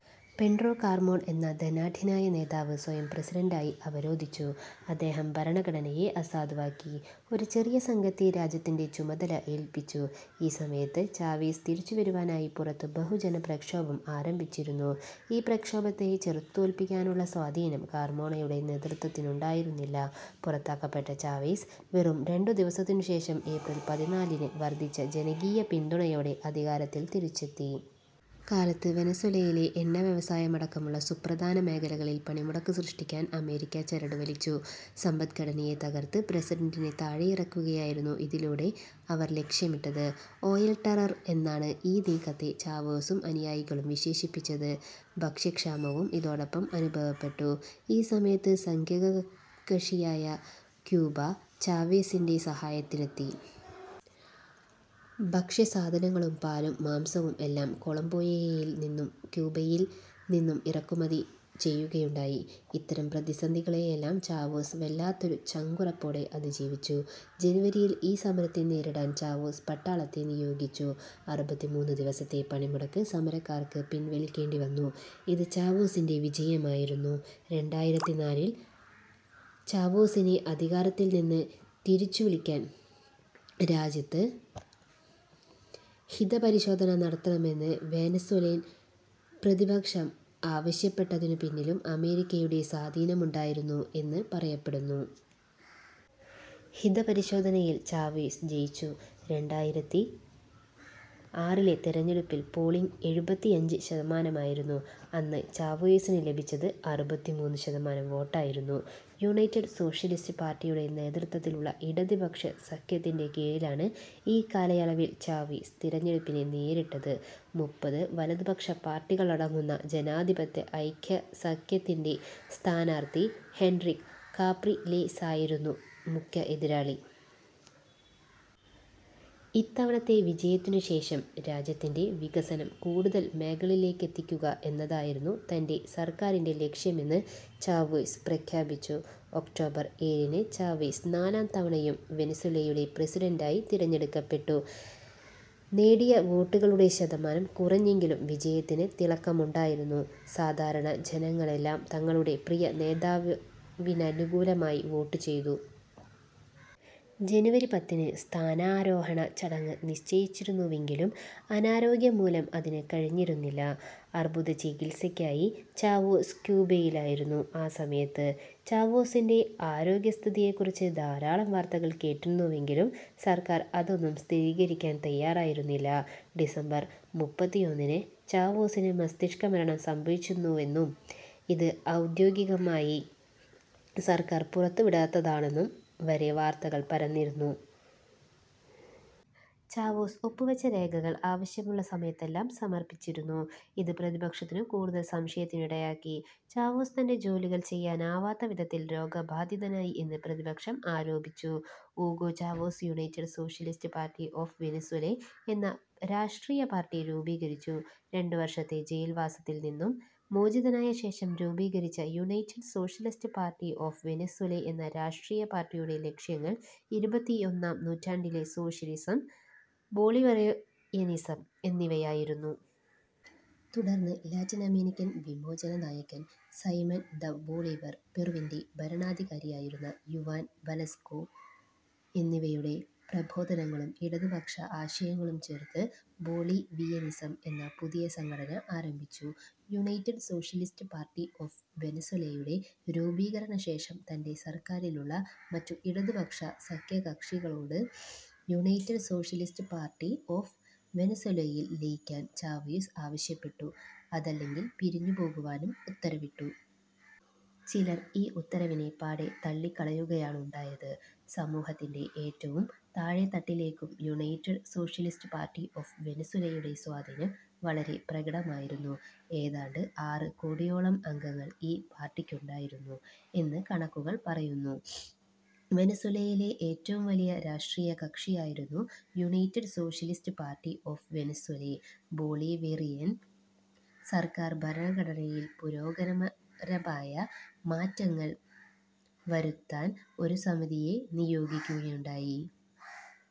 Pedro Carmona എന്ന ധനാഢ്യനായ നേതാവ് സ്വയം പ്രസിഡന്റായി അവരോധിച്ചു. അദ്ദേഹം ഭരണഘടനയെ അസാധുവാക്കി. ഒരു ചെറിയ സംഘത്തെ രാജ്യത്തിൻ്റെ ചുമതല ഏൽപ്പിച്ചു. ഈ സമയത്ത് ചാവേസ് തിരിച്ചു വരുവാനായി പുറത്ത് ബഹുജന പ്രക്ഷോഭം ആരംഭിച്ചിരുന്നു. ഈ പ്രക്ഷോഭത്തെ ചെറുത്തുതോൽപ്പിക്കാനുള്ള സ്വാധീനം കാർമോണയുടെ നേതൃത്വത്തിനുണ്ടായിരുന്നില്ല. പുറത്താക്കപ്പെട്ട ചാവെസ് വെറും രണ്ടു ദിവസത്തിനുശേഷം, ഏപ്രിൽ പതിനാലിന് വർദ്ധിച്ച ജനകീയപിന്തുണയോടെ അധികാരത്തിൽ തിരിച്ചെത്തി. കാലത്ത് വെനസ്വേലയിലെ എണ്ണവ്യവസായമടക്കമുള്ള സുപ്രധാന മേഖലകളിൽ പണിമുടക്ക് സൃഷ്ടിക്കാൻ അമേരിക്ക ചരടുവലിച്ചു. സമ്പദ്ഘടനയെ തകർത്ത് പ്രസിഡന്റിനെ താഴെയിറക്കുകയായിരുന്നു ഇതിലൂടെ അവർ ലക്ഷ്യമിട്ടത്. ഓയിൽ ടെറർ എന്നാണ് ഈ നീക്കത്തെ ചാവേസും അനുയായികളും വിശേഷിപ്പിച്ചത്. ഭക്ഷ്യക്ഷാമവും ഇതോടൊപ്പം അനുഭവപ്പെട്ടു. ഈ സമയത്ത് സഖ്യകകഷിയായ ക്യൂബ ചാവേസിന്റെ സഹായത്തിനെത്തി. ഭക്ഷ്യസാധനങ്ങളും, പാലും മാംസവും എല്ലാം കൊളംബിയയിൽ നിന്നും ക്യൂബയിൽ നിന്നും ഇറക്കുമതി ചെയ്യുകയുണ്ടായി. ഇത്തരം പ്രതിസന്ധികളെയെല്ലാം ചാവേസ് വല്ലാത്തൊരു ചങ്കുറപ്പോടെ അതിജീവിച്ചു. ജനുവരിയിൽ ഈ സമരത്തെ നേരിടാൻ ചാവേസ് പട്ടാളത്തെ നിയോഗിച്ചു. അറുപത്തിമൂന്ന് ദിവസത്തെ പണിമുടക്ക് സമരക്കാർക്ക് പിൻവലിക്കേണ്ടിവന്നു. ഇത് ചാവേസിന്റെ വിജയമായിരുന്നു. രണ്ടായിരത്തി നാലിൽ ചാവേസിനെ അധികാരത്തിൽനിന്ന് തിരിച്ചുവിളിക്കാൻ രാജ്യത്ത് ഹിതപരിശോധന നടത്തണമെന്ന് വെനസ്വേലൻ പ്രതിപക്ഷം ആവശ്യപ്പെട്ടതിനുപിന്നിലും അമേരിക്കയുടെ സ്വാധീനമുണ്ടായിരുന്നു എന്നു പറയപ്പെടുന്നു. ഹിതപരിശോധനയിൽ ചാവെസ് ജയിച്ചു. രണ്ടായിരത്തി ആറിലെ തെരഞ്ഞെടുപ്പിൽ പോളിങ്ങ് എഴുപത്തിയഞ്ച് ശതമാനമായിരുന്നു. അന്ന് ചാവെസിനു ലഭിച്ചത് അറുപത്തിമൂന്ന് ശതമാനം വോട്ടായിരുന്നു. യുനൈറ്റഡ് സോഷ്യലിസ്റ്റ് പാർട്ടിയുടെ നേതൃത്വത്തിലുള്ള ഇടതുപക്ഷ സഖ്യത്തിന്റെ കീഴിലാണ് ഈ കാലയളവിൽ ചാവേസ് തിരഞ്ഞെടുപ്പിനെ നേരിട്ടത്. മുപ്പത് വലതുപക്ഷ പാർട്ടികളടങ്ങുന്ന ജനാധിപത്യ ഐക്യസഖ്യത്തിന്റെ സ്ഥാനാർത്ഥി ഹെൻറിക് കാപ്രിലെസായിരുന്നു മുഖ്യ എതിരാളി. ഇത്തവണത്തെ വിജയത്തിനുശേഷം, രാജ്യത്തിന്റെ വികസനം കൂടുതൽ മേഖലകളിലേക്കെത്തിക്കുക എന്നതായിരിക്കും തന്റെ സർക്കാരിന്റെ ലക്ഷ്യമെന്ന് ചാവേസ് പ്രഖ്യാപിച്ചു. ഒക്ടോബർ ഏഴിന് ചാവേസ് നാലാം തവണയും വെനസ്വേലയുടെ പ്രസിഡന്റായി തിരഞ്ഞെടുക്കപ്പെട്ടു. നേടിയ വോട്ടുകളുടെ ശതമാനം കുറഞ്ഞെങ്കിലും വിജയത്തിന് തിളക്കമുണ്ടായിരുന്നു. സാധാരണ ജനങ്ങളെല്ലാം തങ്ങളുടെ പ്രിയ നേതാവിനനുകൂലമായി വോട്ട് ചെയ്തു. ജനുവരി പത്തിന് സ്ഥാനാരോഹണ ചടങ്ങ് നിശ്ചയിച്ചിരുന്നുവെങ്കിലും അനാരോഗ്യം മൂലം അതിനു കഴിഞ്ഞിരുന്നില്ല. അർബുദചികിത്സക്കായി ചാവേസ് ക്യൂബയിലായിരുന്നു ആ സമയത്ത്. ചാവേസിന്റെ ആരോഗ്യസ്ഥിതിയെക്കുറിച്ച് ധാരാളം വാർത്തകൾ കേട്ടിരുന്നുവെങ്കിലും സർക്കാർ അതൊന്നും സ്ഥിരീകരിക്കാൻ തയ്യാറല്ലായിരുന്നു. ഡിസംബർ മുപ്പത്തിയൊന്നിന് ചാവേസിന് മസ്തിഷ്കമരണം സംഭവിച്ചുവെന്നും, ഇത് ഔദ്യോഗികമായി സർക്കാർ പുറത്തുവിടാത്തതാണെന്നും വരെ വാർത്തകൾ പരന്നിരുന്നു. ചാവേസ് ഒപ്പുവെച്ച രേഖകൾ ആവശ്യമുള്ള സമയത്തെല്ലാം സമർപ്പിച്ചിരുന്നു. ഇത് പ്രതിപക്ഷത്തിനു കൂടുതൽ സംശയത്തിനിടയാക്കി. ചാവേസ് തന്റെ ജോലികൾ ചെയ്യാനാവാത്ത വിധത്തിൽ രോഗബാധിതനായി എന്ന് പ്രതിപക്ഷം ആരോപിച്ചു. Hugo Chavez United Socialist Party of Venezuela എന്ന രാഷ്ട്രീയ പാർട്ടി രൂപീകരിച്ചു. രണ്ടു വർഷത്തെ ജയിൽ വാസത്തിൽ നിന്നും മോചിതനായ ശേഷം രൂപീകരിച്ച United Socialist Party of Venezuela എന്ന രാഷ്ട്രീയ പാർട്ടിയുടെ ലക്ഷ്യങ്ങൾ ഇരുപത്തിയൊന്നാം നൂറ്റാണ്ടിലെ സോഷ്യലിസം, ബൊളിവേറിയനിസം എന്നിവയായിരുന്നു. തുടർന്ന് ലാറ്റിനമേരിക്കൻ വിമോചന നായകൻ സൈമൻ ദ ബൊളീവർ, പെറുവിന്റെ ഭരണാധികാരിയായിരുന്ന യുവാൻ വലസ്കോ എന്നിവരുടെ പ്രബോധനങ്ങളും ഇടതുപക്ഷ ആശയങ്ങളും ചേർത്ത് ബൊളീവിയനിസം എന്ന പുതിയ സംഘടന ആരംഭിച്ചു. യുണൈറ്റഡ് സോഷ്യലിസ്റ്റ് പാർട്ടി ഓഫ് വെനസ്വേലയുടെ രൂപീകരണശേഷം തന്റെ സർക്കാരിലുള്ള മറ്റു ഇടതുപക്ഷ സഖ്യകകഷികളോട് യുണൈറ്റഡ് സോഷ്യലിസ്റ്റ് പാർട്ടി ഓഫ് വെനസ്വേലയിൽ ലയിക്കാൻ ചാവേസ് ആവശ്യപ്പെട്ടു അതല്ലെങ്കിൽ പിരിഞ്ഞുപോകുവാനും ഉത്തരവിട്ടു. ചിലർ ഈ ഉത്തരവിനെ പാടേ തള്ളിക്കളയുകയാണുണ്ടായത്. സമൂഹത്തിന്റെ ഏറ്റവും താഴേതട്ടിലേക്കും യുണൈറ്റഡ് സോഷ്യലിസ്റ്റ് പാർട്ടി ഓഫ് വെനസ്വേലയുടെ സ്വാധീനം വളരെ പ്രകടമായിരുന്നു. ഏതാണ്ട് ആറ് കോടിയോളം അംഗങ്ങൾ ഈ പാർട്ടിക്കുണ്ടായിരുന്നു എന്ന് കണക്കുകൾ പറയുന്നു. വെനസ്വേലയിലെ ഏറ്റവും വലിയ രാഷ്ട്രീയ കക്ഷിയായിരുന്നു United Socialist Party of Venezuela. Bolivarian സർക്കാർ ഭരണഘടനയിൽ പുരോഗമനപരമായ മാറ്റങ്ങൾ വരുത്താൻ ഒരു സമിതിയെ നിയോഗിക്കുകയുണ്ടായി.